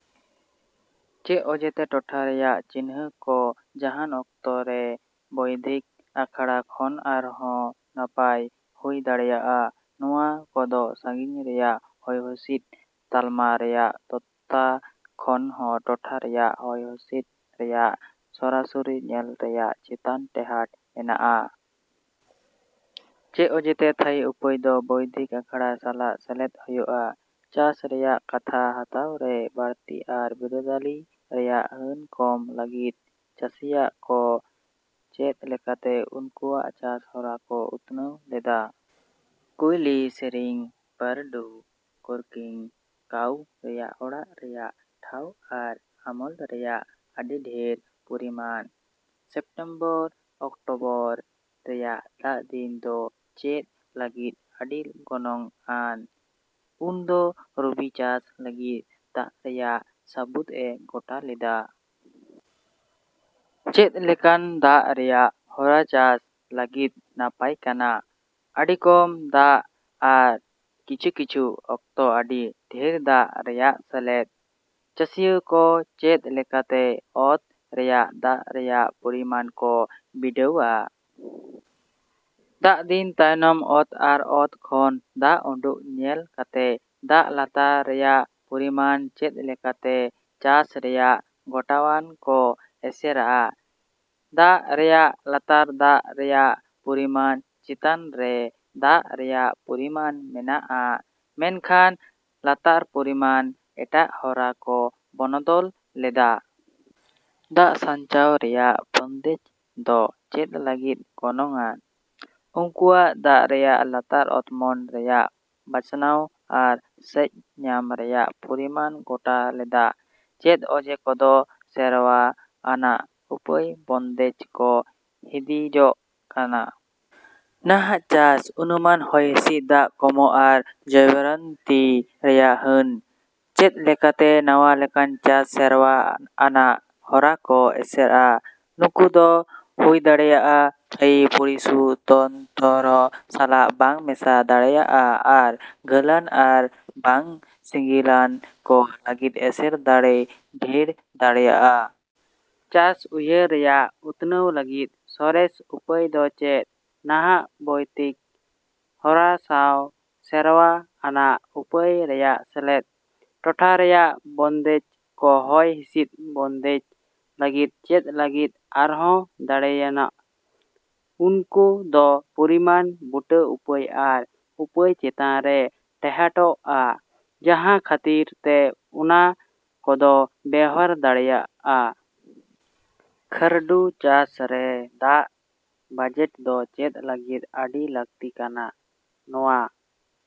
ᱪᱮᱫ ᱚᱡᱮᱛᱮ ᱴᱚᱴᱷᱟ ᱨᱮᱭᱟᱜ ᱪᱤᱱᱦᱟᱹ ᱠᱚ ᱡᱟᱦᱟᱱ ᱚᱠᱛᱮ ᱨᱮ ᱵᱳᱭᱱᱫᱷᱤᱠ ᱟᱠᱷᱟᱲᱟ ᱠᱷᱚᱱ ᱟᱨᱦᱚᱸ ᱱᱟᱯᱟᱭ ᱦᱩᱭ ᱫᱟᱲᱮᱭᱟᱜᱼᱟ? ᱱᱚᱶᱟ ᱠᱚᱫᱚ ᱥᱟᱹᱜᱤᱧ ᱨᱮᱭᱟᱜ ᱦᱚᱭᱦᱩᱥᱤᱫ ᱛᱟᱞᱢᱟ ᱨᱮᱭᱟᱜ ᱛᱚᱛᱛᱟ ᱠᱷᱚᱱ ᱦᱚᱸ ᱴᱚᱴᱷᱟ ᱨᱮᱭᱟᱜ ᱦᱚᱭᱦᱩᱥᱤᱫ ᱨᱮᱭᱟᱜ ᱥᱚᱨᱟᱥᱚᱨᱤ ᱧᱮᱞ ᱨᱮᱭᱟᱜ ᱪᱮᱛᱟᱱ ᱴᱮᱦᱟᱴ ᱢᱮᱱᱟᱜᱼᱟ ᱾ ᱪᱮᱫ ᱚᱡᱮᱛᱮ ᱛᱷᱟᱭᱤ ᱩᱯᱟᱹᱭ ᱫᱚ ᱵᱳᱭᱱᱫᱷᱤᱠ ᱟᱠᱷᱟᱲᱟ ᱥᱟᱞᱟᱜ ᱥᱮᱞᱮᱫ ᱦᱳᱭᱳᱜᱼᱟ ᱾ ᱪᱟᱥ ᱨᱮᱭᱟᱜ ᱠᱟᱛᱷᱟ ᱦᱟᱛᱟᱣ ᱨᱮ ᱵᱟᱹᱲᱛᱤ ᱟᱨ ᱵᱤᱨᱟᱹᱫᱟᱹᱞᱤ ᱨᱮᱭᱟᱜ ᱦᱟᱹᱱ ᱠᱚᱢ ᱞᱟᱹᱜᱤᱫ ᱾ ᱪᱟᱥᱤᱭᱟᱹ ᱠᱚ ᱪᱮᱫ ᱞᱮᱠᱟᱛᱮ ᱩᱱᱠᱩᱭᱟᱜ ᱪᱟᱥ ᱦᱚᱨᱟ ᱠᱚ ᱩᱛᱱᱟᱹᱣ ᱞᱮᱫᱟ ᱾ ᱠᱳᱭᱞᱤ ᱥᱮᱹᱨᱮᱹᱧ, ᱯᱷᱟᱹᱨᱰᱩ ᱠᱨᱚᱠᱤᱝ, ᱠᱟᱣ ᱨᱮᱭᱟᱜ ᱚᱲᱟᱜ ᱨᱮᱭᱟᱜ ᱴᱷᱟᱶ ᱟᱨ ᱟᱢᱚᱞ ᱨᱮᱭᱟᱜ ᱟᱹᱰᱤ ᱰᱷᱮᱨ ᱯᱚᱨᱤᱢᱟᱱ ᱾ ᱥᱮᱯᱴᱮᱢᱵᱚᱨᱼ ᱚᱠᱴᱳᱵᱚᱨ ᱨᱮᱭᱟᱜ ᱫᱟᱜ ᱫᱤᱱ ᱫᱚ ᱪᱮᱫ ᱞᱟᱹᱜᱤᱫ ᱟᱹᱰᱤ ᱜᱚᱱᱚᱝ ᱟᱱ? ᱩᱱ ᱫᱚ ᱨᱚᱵᱤ ᱪᱟᱥ ᱞᱟᱹᱜᱤᱫ ᱫᱟᱜ ᱨᱮᱭᱟᱜ ᱥᱟᱹᱵᱩᱫ ᱮ ᱜᱚᱴᱟ ᱞᱮᱫᱟ ᱾ ᱪᱮᱫ ᱞᱮᱠᱟᱱ ᱫᱟᱜ ᱨᱮᱭᱟᱜ ᱦᱚᱨᱟ ᱪᱟᱥ ᱞᱟᱹᱜᱤᱫ ᱱᱟᱯᱟᱭ ᱠᱟᱱᱟ? ᱟᱹᱰᱤ ᱠᱚᱢ ᱫᱟᱜ ᱟᱨ ᱠᱤᱪᱷᱩ ᱠᱤᱪᱷᱩ ᱚᱠᱛᱚ ᱟᱹᱰᱤ ᱰᱷᱮᱨ ᱫᱟᱜ ᱨᱮᱭᱟᱜ ᱥᱮᱞᱮᱫ ᱾ ᱪᱟᱥᱤᱭᱟᱹ ᱠᱚ ᱪᱮᱫ ᱞᱮᱠᱟᱛᱮ ᱚᱛ ᱨᱮᱭᱟᱜ ᱫᱟᱜ ᱨᱮᱭᱟᱜ ᱯᱚᱨᱤᱢᱟᱱ ᱠᱚ ᱵᱤᱰᱟᱹᱣᱼᱟ? ᱫᱟᱜ ᱫᱤᱱ ᱛᱟᱭᱚᱢ ᱚᱛ ᱟᱨ ᱚᱛ ᱠᱷᱚᱱ ᱫᱟᱜ ᱩᱰᱩᱠ ᱧᱮᱞ ᱠᱟᱛᱮ ᱾ ᱫᱟᱜ ᱞᱟᱛᱟᱨ ᱨᱮᱭᱟᱜ ᱯᱚᱨᱤᱢᱟᱱ ᱪᱮᱫ ᱞᱮᱠᱟᱛᱮ ᱪᱟᱥ ᱨᱮᱭᱟᱜ ᱜᱚᱴᱟᱣᱟᱱ ᱠᱚ ᱮᱥᱮᱨᱼᱟ? ᱫᱟᱜ ᱨᱮᱭᱟᱜ ᱞᱟᱛᱟᱨ ᱫᱟᱜ ᱨᱮᱭᱟᱜ ᱯᱚᱨᱤᱢᱟᱱ ᱪᱮᱛᱟᱱ ᱨᱮ ᱫᱟᱜ ᱨᱮᱭᱟᱜ ᱯᱚᱨᱤᱢᱟᱱ ᱢᱮᱱᱟᱜ ᱟ, ᱢᱮᱱᱠᱷᱟᱱ ᱞᱟᱛᱟᱨ ᱯᱚᱨᱤᱢᱟᱱ ᱮᱴᱟᱜ ᱦᱚᱨᱟ ᱠᱚ ᱵᱚᱱᱚᱫᱚᱞ ᱞᱮᱫᱟ ᱾ ᱫᱟᱜ ᱥᱟᱧᱪᱟᱣ ᱨᱮᱭᱟᱜ ᱵᱚᱱᱫᱮᱡ ᱫᱚ ᱪᱮᱫ ᱞᱟᱹᱜᱤᱫ ᱜᱚᱱᱚᱝ ᱟᱱ? ᱩᱱᱠᱩᱭᱟᱜ ᱫᱟᱜ ᱨᱮᱭᱟᱜ ᱞᱟᱛᱟᱨ ᱚᱛᱢᱚᱱ ᱨᱮᱭᱟᱜ ᱵᱟᱪᱷᱱᱟᱣ ᱟᱨ ᱥᱮᱪ ᱧᱟᱢ ᱨᱮᱭᱟᱜ ᱯᱚᱨᱤᱢᱟᱱ ᱜᱚᱴᱟ ᱞᱮᱫᱟ ᱾ ᱪᱮᱫ ᱚᱡᱮ ᱠᱚᱫᱚ ᱥᱮᱨᱣᱟ ᱟᱱᱟᱜ ᱩᱯᱟᱹᱭ ᱵᱚᱱᱫᱮᱡ ᱠᱚ ᱦᱤᱫᱤᱡᱚᱜ ᱠᱟᱱᱟ? ᱱᱟᱦᱟᱜ ᱪᱟᱥ, ᱚᱱᱩᱢᱟᱹᱱ ᱦᱚᱭᱦᱤᱥᱤᱫ, ᱫᱟᱜ ᱠᱚᱢᱚᱜ ᱟᱨ ᱡᱚᱵᱚᱭᱟᱨᱚᱱᱛᱤ ᱨᱮᱭᱟᱜ ᱦᱟᱹᱱ ᱾ ᱪᱮᱫ ᱞᱮᱠᱟᱛᱮ ᱱᱟᱶᱟ ᱞᱮᱠᱟᱱ ᱪᱟᱥ ᱥᱮᱨᱣᱟ ᱟᱱᱟᱜ ᱦᱚᱨᱟ ᱠᱚ ᱮᱥᱮᱨᱼᱟ? ᱱᱩᱠᱩ ᱫᱚ ᱦᱩᱭᱫᱟᱲᱮᱭᱟᱜᱼᱟ ᱛᱷᱟᱭᱤ ᱯᱚᱨᱤᱥᱩᱛᱚᱱᱛᱚᱨᱚ ᱥᱟᱞᱟᱜ ᱵᱟᱝ ᱢᱮᱥᱟ ᱫᱟᱲᱮᱭᱟᱜᱼᱟ ᱟᱨ ᱜᱷᱟᱹᱞᱟᱱ ᱟᱨ ᱵᱟᱝ ᱥᱤᱜᱤᱞᱟᱱ ᱠᱚ ᱞᱟᱹᱜᱤᱫ ᱮᱥᱮᱨ ᱫᱟᱲᱮ ᱰᱷᱮᱨ ᱫᱟᱲᱮᱭᱟᱜᱼᱟ ᱾ ᱪᱟᱥ ᱩᱭᱦᱟᱹᱨ ᱨᱮᱭᱟᱜ ᱩᱛᱱᱟᱹᱣ ᱞᱟᱹᱜᱤᱫ ᱥᱚᱨᱮᱥ ᱩᱯᱟᱹᱭ ᱫᱚ ᱪᱮᱫ? ᱱᱟᱦᱟᱜ ᱵᱳᱭᱫᱽᱛᱤᱠ ᱦᱚᱨᱟ ᱥᱟᱶ ᱥᱮᱨᱣᱟ ᱟᱱᱟᱜ ᱩᱯᱟᱹᱭ ᱨᱮᱭᱟᱜ ᱥᱮᱞᱮᱫ ᱾ ᱴᱚᱴᱷᱟ ᱨᱮᱭᱟᱜ ᱵᱚᱱᱫᱮᱡ ᱠᱚ ᱦᱚᱭ ᱦᱤᱥᱤᱫ ᱵᱚᱱᱫᱮᱡ ᱞᱟᱹᱜᱤᱫ ᱪᱮᱫ ᱞᱟᱹᱜᱤᱫ ᱟᱨᱦᱚᱸ ᱫᱟᱲᱮᱹᱣᱟᱱᱟᱜ? ᱩᱱᱠᱚ ᱫᱚ ᱯᱚᱨᱤᱢᱟᱱᱼᱵᱩᱴᱟᱹ ᱩᱯᱟᱹᱭ ᱟᱨ ᱩᱯᱟᱹᱭ ᱪᱮᱛᱟᱱ ᱨᱮ ᱴᱮᱦᱟᱴᱚᱜᱼᱟ, ᱡᱟᱦᱟᱸ ᱠᱷᱟᱹᱛᱤᱨ ᱛᱮ ᱩᱱᱟ ᱠᱚᱫᱚ ᱵᱮᱣᱦᱟᱨ ᱫᱟᱲᱮᱹᱭᱟᱜᱼᱟ ᱾ ᱠᱷᱟᱹᱨᱰᱩ ᱪᱟᱥ ᱨᱮ ᱫᱟᱜ ᱵᱟᱡᱮᱴ ᱫᱚ ᱪᱮᱫ ᱞᱟᱹᱜᱤᱫ ᱟᱹᱰᱤ ᱞᱟᱹᱠᱛᱤ ᱠᱟᱱᱟ? ᱱᱚᱶᱟ